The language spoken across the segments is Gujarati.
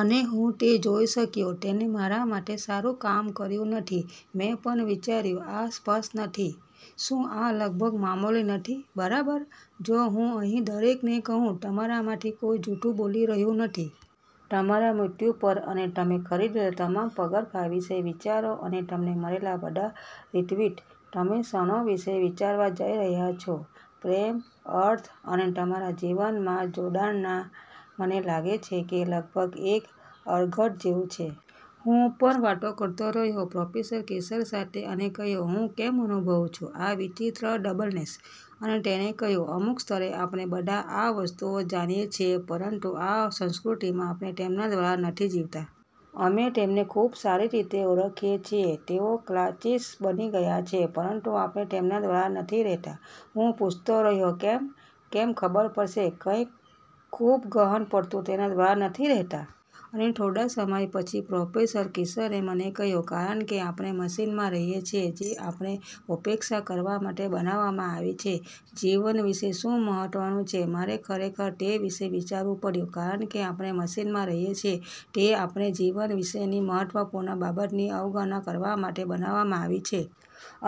અને હું તે જોઈ શક્યો. તેને મારા માટે સારું કામ કર્યું નથી. મેં પણ વિચાર્યું, આ સ્પષ્ટ નથી? શું આ લગભગ મામૂલી નથી, બરાબર? જો હું અહીં દરેકને કહું, તમારામાંથી કોઈ જૂઠું બોલી રહ્યું નથી. તમારા મૃત્યુ પર અને તમે ખરીદેલા તમામ પગરખાં વિશે વિચારો અને તમને મળેલા બધા રિટ્વીટ. તમે ક્ષણો વિશે વિચારવા જઈ રહ્યાં છો. પ્રેમ, અર્થ અને તમારા જીવનમાં જોડાણના. મને લાગે છે કે તે લગભગ એક અણઘડ જેવું છે. પણ હું વાતો કરતો રહ્યો પ્રોફેસર કશેર સાથે અને કહ્યું, "હું કેમ અનુભવું છું આ વિચિત્ર ડબલનેસ?" અને તેણે કહ્યું, "અમુક સ્તરે, આપણે બધા આ વસ્તુઓ જાણીએ છીએ પરંતુ આ સંસ્કૃતિમાં આપણે તેમના દ્વારા નથી જીવતા." અમે તેમને ખૂબ સારી રીતે ઓળખીએ છીએ. તેઓ ક્લીચીસ બની ગયા છે, પરંતુ આપણે તેમના દ્વારા નથી રહેતા. હું પૂછતો રહ્યો કેમ, કેમ ખબર પડશે કંઈક ખૂબ ગહન પરંતુ તેના દ્વારા નથી રહેતા? અને થોડા સમય પછી પ્રોફેસર કશેરે મને કહ્યું, "કારણ કે આપણે મશીનમાં રહીએ છીએ જે આપણને ઉપેક્ષા કરવા માટે બનાવવામાં આવી છે. જીવન વિશે શું મહત્વનું છે મારે ખરેખર તે વિશે વિચારવું પડ્યું કારણ કે આપણે મશીનમાં રહીએ છીએ તે આપણને જીવન વિશેની મહત્વપૂર્ણ બાબતની અવગણના કરવા માટે બનાવવામાં આવી છે.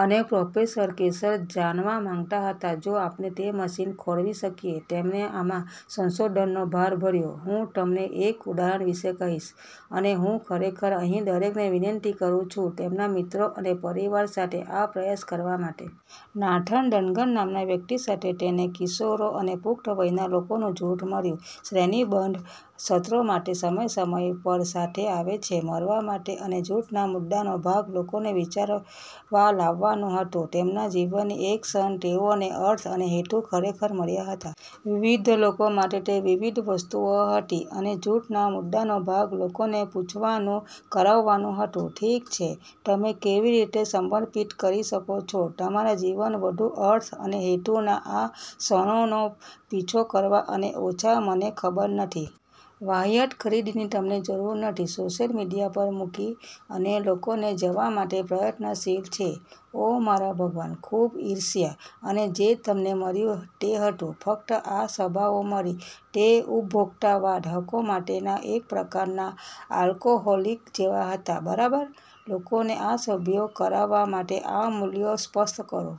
અને પ્રોફેસર કશેર જાણવા માંગતા હતા જો આપણે તે મશીન ખોરવી શકીએ. તેમણે આમાં સંશોધનનો ભાર ભર્યો. હું તમને એક ઉદાહરણ વિશે કહીશ, અને હું ખરેખર અહીં દરેકને વિનંતી કરું છું તેમના મિત્રો અને પરિવાર સાથે આ પ્રયાસ કરવા માટે. નાથન ડનગન નામના વ્યક્તિ સાથે તેને કિશોરો અને પુખ્ત વયના લોકોનું જૂથ મળ્યું. શ્રેણીબદ્ધ સત્રો માટે સમય સમય પર સાથે આવે છે મળવા માટે અને જૂથના મુદ્દાનો ભાગ લોકોને વિચારવા લાવવાનું હતું. તેમના જીવનની એક ક્ષણ તેઓને અર્થ અને હેતુ ખરેખર મળ્યા હતા. વિવિધ લોકો માટે તે વિવિધ વસ્તુઓ હતી અને જૂથના મુદ્દાનો ભાગ લોકોને પૂછવાનું કરાવવાનું હતું. ઠીક છે. તમે કેવી રીતે સમર્પિત કરી શકો છો તમારા જીવન વધુ અર્થ અને હેતુના આ ક્ષણોનો પીછો કરવા અને ઓછા, મને ખબર નથી. વાહિયાત ખરીદીની તમને જરૂર નથી, સોશિયલ મીડિયા પર મૂકી અને લોકોને જવા માટે પ્રયત્નશીલ છે. ઓ મારા ભગવાન, ખૂબ ઇર્ષ્યા! અને જે તેમને મળ્યું તે હતું. ફક્ત આ સભાઓ મળી, તે ઉપભોક્તાવાદ, હકો માટેના એક પ્રકારનાં આલ્કોહોલિક જેવા હતા, બરાબર? લોકોને આ સભાઓ કરાવવા માટે, આ મૂલ્યો સ્પષ્ટ કરો.